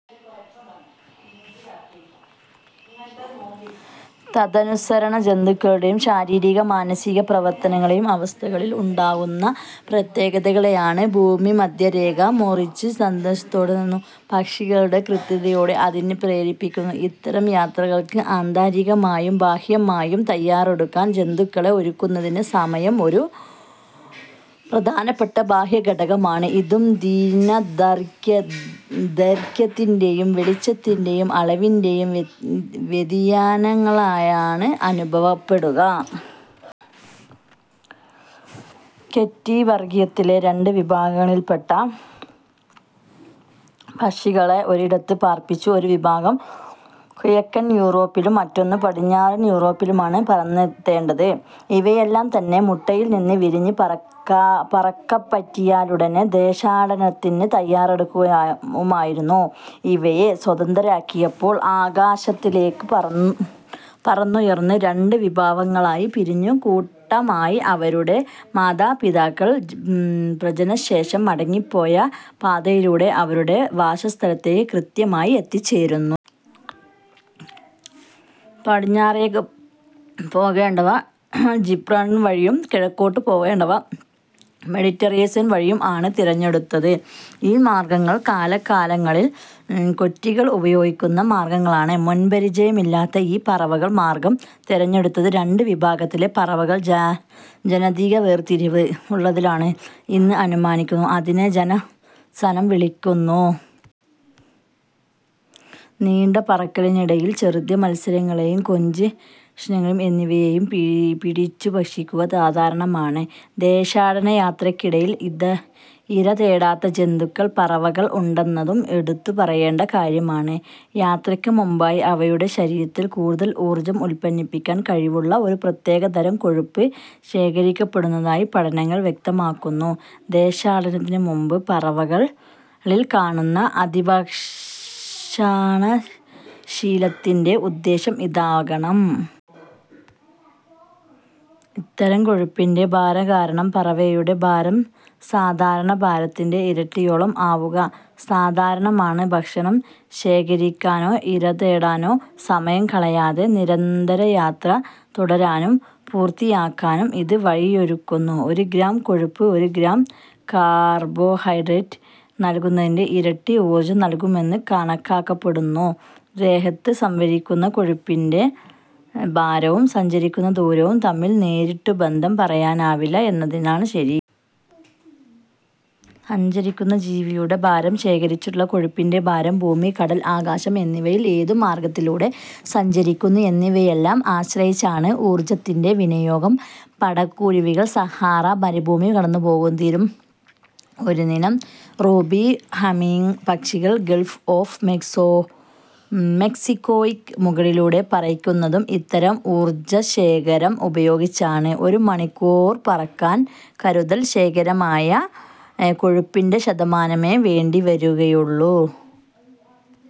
തദനുസരണം ജന്തുക്കളുടെ ശാരീരിക മാനസിക പ്രവർത്തനങ്ങളിലും അവസ്ഥകളിലും ഉണ്ടാകുന്ന പ്രത്യേകതകളാണ് ഭൂമധ്യരേഖ മുറിച്ച് ദേശാടനം നടത്തുന്ന പക്ഷികളെ കൃത്യതയോടെ അതിന് പ്രേരിപ്പിക്കുന്നത്. ഇത്തരം യാത്രകൾക്ക് ആന്തരികമായും ബാഹ്യമായും തയ്യാറെടുക്കാൻ ജന്തുക്കളെ ഒരുക്കുന്നതിൽ സമയം ഒരു പ്രധാനപ്പെട്ട ബാഹ്യഘടകമാണ്. ഇതും ദിനദൈർഘ്യത്തിന്റെയും വെളിച്ചത്തിന്റെ അളവിന്റെയും വ്യതിയാനങ്ങളായാണ് അനുഭവപ്പെടുക. കൊറ്റി വർഗത്തിലെ രണ്ട് വിഭാഗങ്ങളിൽപ്പെട്ട പക്ഷികളെ ഒരിടത്ത് പാർപ്പിച്ചു. ഒരു വിഭാഗം കിഴക്കൻ യൂറോപ്പിലും മറ്റൊന്ന് പടിഞ്ഞാറൻ യൂറോപ്പിലുമാണ് പറന്നെത്തേണ്ടത്. ഇവയെല്ലാംതന്നെ മുട്ടയിൽനിന്നു വിരിഞ്ഞ് പറക്കപറ്റിയാലുടൻ ദേശാടനത്തിന് തയ്യാറെടുക്കുന്നവയുമായിരുന്നു. ഇവയെ സ്വതന്ത്രരാക്കിയപ്പോൾ ആകാശത്തിലേക്കു പറന്നുയർന്ന് രണ്ട് വിഭാഗമായി പിരിഞ്ഞ് കൂട്ടമായി അവരവരുടെ മാതാപിതാക്കൾ പ്രജനനശേഷം മടങ്ങിപ്പോയ പാതയിലൂടെ അവരുടെ വാസസ്ഥലത്ത് കൃത്യമായി എത്തിച്ചേർന്നു. പടിഞ്ഞാറേക്ക് പോകേണ്ടവ ജിബ്രാൾട്ടർ വഴിയും കിഴക്കോട്ട് പോകേണ്ടവ മെഡിറ്ററേനിയൻ വഴിയും ആണ് തിരഞ്ഞെടുത്തത്. ഈ മാർഗങ്ങൾ കാലാകാലങ്ങളിൽ കൊറ്റികൾ ഉപയോഗിക്കുന്ന മാർഗങ്ങളാണ്. മുൻപരിചയമില്ലാത്ത ഈ പറവകൾ മാർഗ്ഗം തിരഞ്ഞെടുത്തത് രണ്ട് വിഭാഗത്തിലെ പറവകൾക്കും ജനിതക വേർതിരിവ് ഉള്ളതിനാലാണ് എന്ന് അനുമാനിക്കുന്നു. അതിനെ ജന്മവാസന എന്നു വിളിക്കുന്നു. നീണ്ട പറക്കലിനിടയിൽ ചെറുമത്സ്യങ്ങളെയും കൊഞ്ച്, ഷഡ്പദങ്ങൾ എന്നിവയെയും പിടിച്ചുഭക്ഷിക്കുക സാധാരണമാണ്. ദേശാടനയാത്രയ്ക്കിടയിൽ ഇരതേടാത്ത ജന്തുക്കളും പറവകളും ഉണ്ടെന്നുള്ളത് എടുത്തുപറയേണ്ട കാര്യമാണ്. യാത്രയ്ക്കുമുമ്പായി അവയുടെ ശരീരത്തിൽ കൂടുതൽ ഊർജ്ജം ഉത്പാദിപ്പിക്കാൻ കഴിവുള്ള ഒരു പ്രത്യേകതരം കൊഴുപ്പ് ശേഖരിക്കപ്പെടുന്നതായി പഠനങ്ങൾ വ്യക്തമാക്കുന്നു. ദേശാടനത്തിനുമുമ്പ് പറവകളിൽ കാണുന്ന അധികഭക്ഷണശീലത്തിന്റെ ഉദ്ദേശ്യം ഇതാകണം. ഇത്തരം കൊഴുപ്പിന്റെ ഭാരംകാരണം പറവയുടെ ഭാരം സാധാരണ ഭാരത്തിന്റെ ഇരട്ടിയോളം ആവുക സാധാരണമാണ്. ഭക്ഷണം ശേഖരിക്കാനോ ഇരതേടാനോ സമയം കളയാതെ നിരന്തര യാത്ര തുടരാനും പൂർത്തിയാക്കാനും ഇത് വഴിയൊരുക്കുന്നു. ഒരു ഗ്രാം കൊഴുപ്പ് ഒരു ഗ്രാം കാർബോഹൈഡ്രേറ്റ് നല്കുന്നതിന്റെ ഇരട്ടി ഊർജ്ജം നല്കുമെന്ന് കണക്കാക്കപ്പെടുന്നു. ദേഹത്ത് സംഭരിക്കുന്ന കൊഴുപ്പിന്റെ ഭാരവും സഞ്ചരിക്കുന്ന ദൂരവും തമ്മിൽ നേരിട്ടു ബന്ധം പറയാനാവില്ല എന്നതാണ് ശരി. സഞ്ചരിക്കുന്ന ജീവിയുടെ ഭാരം, ശേഖരിച്ചിട്ടുള്ള കൊഴുപ്പിന്റെ ഭാരം, ഭൂമി-കടൽ-ആകാശം എന്നിവയിൽ ഏതു മാർഗ്ഗത്തിലൂടെ സഞ്ചരിക്കുന്നു എന്നിവയെയെല്ലാം ആശ്രയിച്ചാണ് ഊർജ്ജത്തിന്റെ വിനിയോഗം. പാടക്കുരുവികൾ സഹാറാ മരുഭൂമി പറന്നുകടക്കുന്നതും ഒരിനം റൂബി ഹമ്മിങ് പക്ഷികൾ ഗൾഫ് ഒഫ് മെക്സിക്കോയ്ക്ക് മുകളിലൂടെ പറക്കുന്നതും ഇത്തരം ഊർജശേഖരം ഉപയോഗിച്ചാണ്. ഒരു മണിക്കൂർ പറക്കാൻ കരുതൽ ശേഖരമായ കൊഴുപ്പിന്റെ ശതമാനമേ വേണ്ടിവരികയുള്ളൂ.